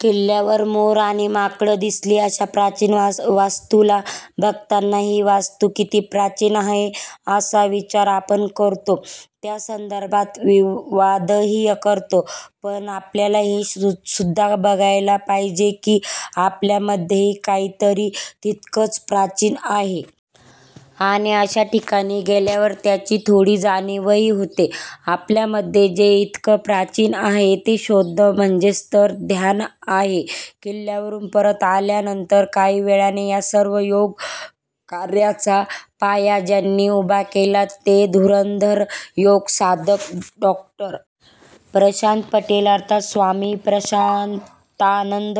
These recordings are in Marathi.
किल्ल्यावर मोर आणि माकडं दिसली. अशा प्राचीन वास्तूला बघताना ही वास्तू किती प्राचीन आहे, असा विचार आपण करतो; त्यासंदर्भात विवादही करतो. पण आपल्याला हेसुद्धा बघायला पाहिजे की, आपल्यामध्येही काही तरी तितकंच प्राचीन आहे. आणि अशा ठिकाणी गेल्यावर त्याची थोडी जाणीवही होते. आपल्यामध्ये जे इतकं प्राचीन आहे, ते शोधणं म्हणजेच तर ध्यान आहे! किल्ल्यावरून परत आल्यानंतर काही वेळाने ह्या सर्व योग कार्याचा पाया ज्यांनी उभा केला ते धुरंधर योग साधक डॉ. प्रशांत पटेल अर्थात् स्वामी प्रशांतानंद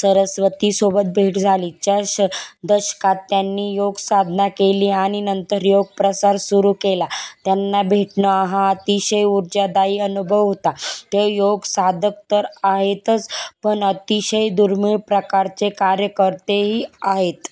सरस्वतींसोबत भेट झाली. च्या दशकात त्यांनी योग साधना केली आणि नंतर योग प्रसार सुरू केला. त्यांना भेटणं हा अतिशय ऊर्जादायी अनुभव होता. ते योग साधक तर आहेतच, पण अतिशय दुर्मिळ प्रकारचे कार्यकर्तेही आहेत.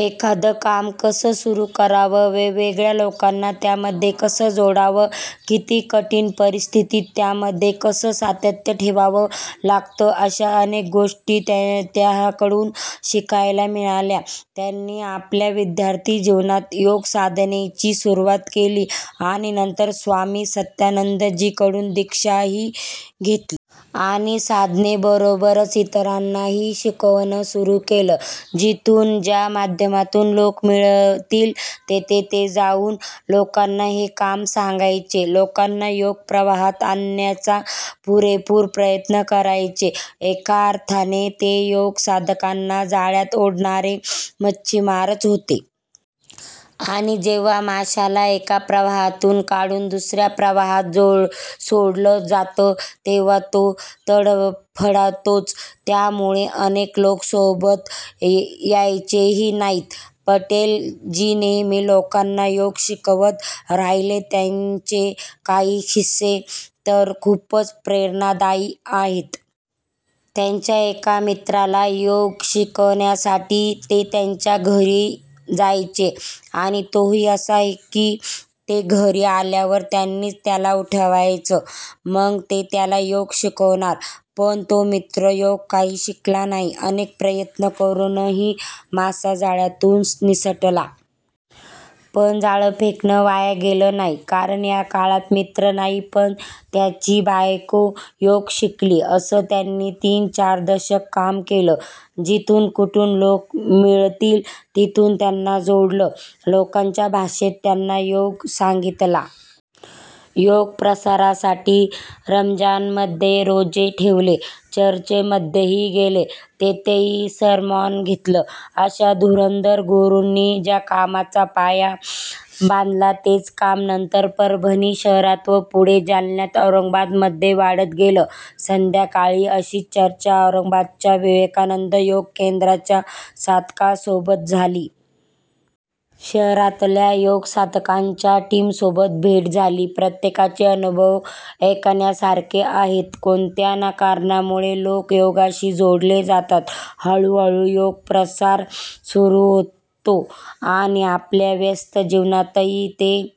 एखादं काम कसं सुरू करावं, वेगवेगळ्या लोकांना त्यामध्ये कसं जोडावं, किती कठीण परिस्थितीत त्यामध्ये कसं सातत्य ठेवावं लागतं, अशा अनेक गोष्टी त्यांह्याकडून शिकायला मिळाल्या. त्यांनी आपल्या विद्यार्थी जीवनात योग साधनेची सुरुवात केली आणि नंतर स्वामी सत्यानंदजींकडून दीक्षाही घेतली. आणि साधनेबरोबरच इतरांनाही शिकवणं सुरू केलं. जिथून, ज्या माध्यमातून लोक मिळतील, तिथे ते जाऊन लोकांना हे काम सांगायचे, लोकांना योग- प्रवाहात आणण्याचा पुरेपूर प्रयत्न करायचे. एका अर्थाने ते योग- साधकांना जाळ्यात ओढणारे मच्छीमारच होते! आणि जेव्हा माशाला एका प्रवाहातून काढून दुस-या प्रवाहात सोडलं जातं, तेव्हा तो तडफडतोच! त्यामुळे अनेक लोक सोबत यायचेही नाहीत. पटेल जी नेहमी लोकांना योग शिकवत राहिले. त्यांचे काही किस्से तर खूपच प्रेरणादायी आहेत. त्यांच्या एका मित्राला योग शिकवण्यासाठी ते त्याच्या घरी जायचे. आणि तोही असा की, ते घरी आल्यावर त्यांनीच त्याला उठवायचं. मग ते त्याला योग शिकवणार. पण तो मित्र योग काही शिकला नाही! अनेक प्रयत्न करूनही मासा जाळ्यातून निसटला. पण जाळं फेकणं वाया गेलं नाही, कारण ह्या काळात मित्र नाही, पण त्याची बायको योग शिकली! असं त्यांनी तीन- चार दशक काम केलं. जिथून कुठून लोक मिळतील, तिथून त्यांना जोडलं. लोकांच्या भाषेत त्यांना योग सांगितला. योग प्रसारासाठी रमज़ानमध्ये रोजे ठेवले, चर्चमध्येही गेले; तिथेही सरमॉन घेतलं! अशा धुरंधर गुरूंनी ज्या कामाचा पाया बांधला, तेच काम नंतर परभणी शहरात व पुढे जालना- औरंगाबादमध्ये वाढत गेलं! संध्याकाळी अशीच चर्चा औरंगाबादच्या विवेकानंद योग केंद्राच्या साधकांसोबत झाली. शहरातल्या योग साधकांच्या टीमसोबत भेट झाली. प्रत्येकाचे अनुभव ऐकण्यासारखे आहेत. कोणत्या ना कारणामुळे लोक योगाशी जोडले जातात. हळु हळु योग प्रसार सुरू होतो. आणि आपल्या व्यस्त जीवनातही ते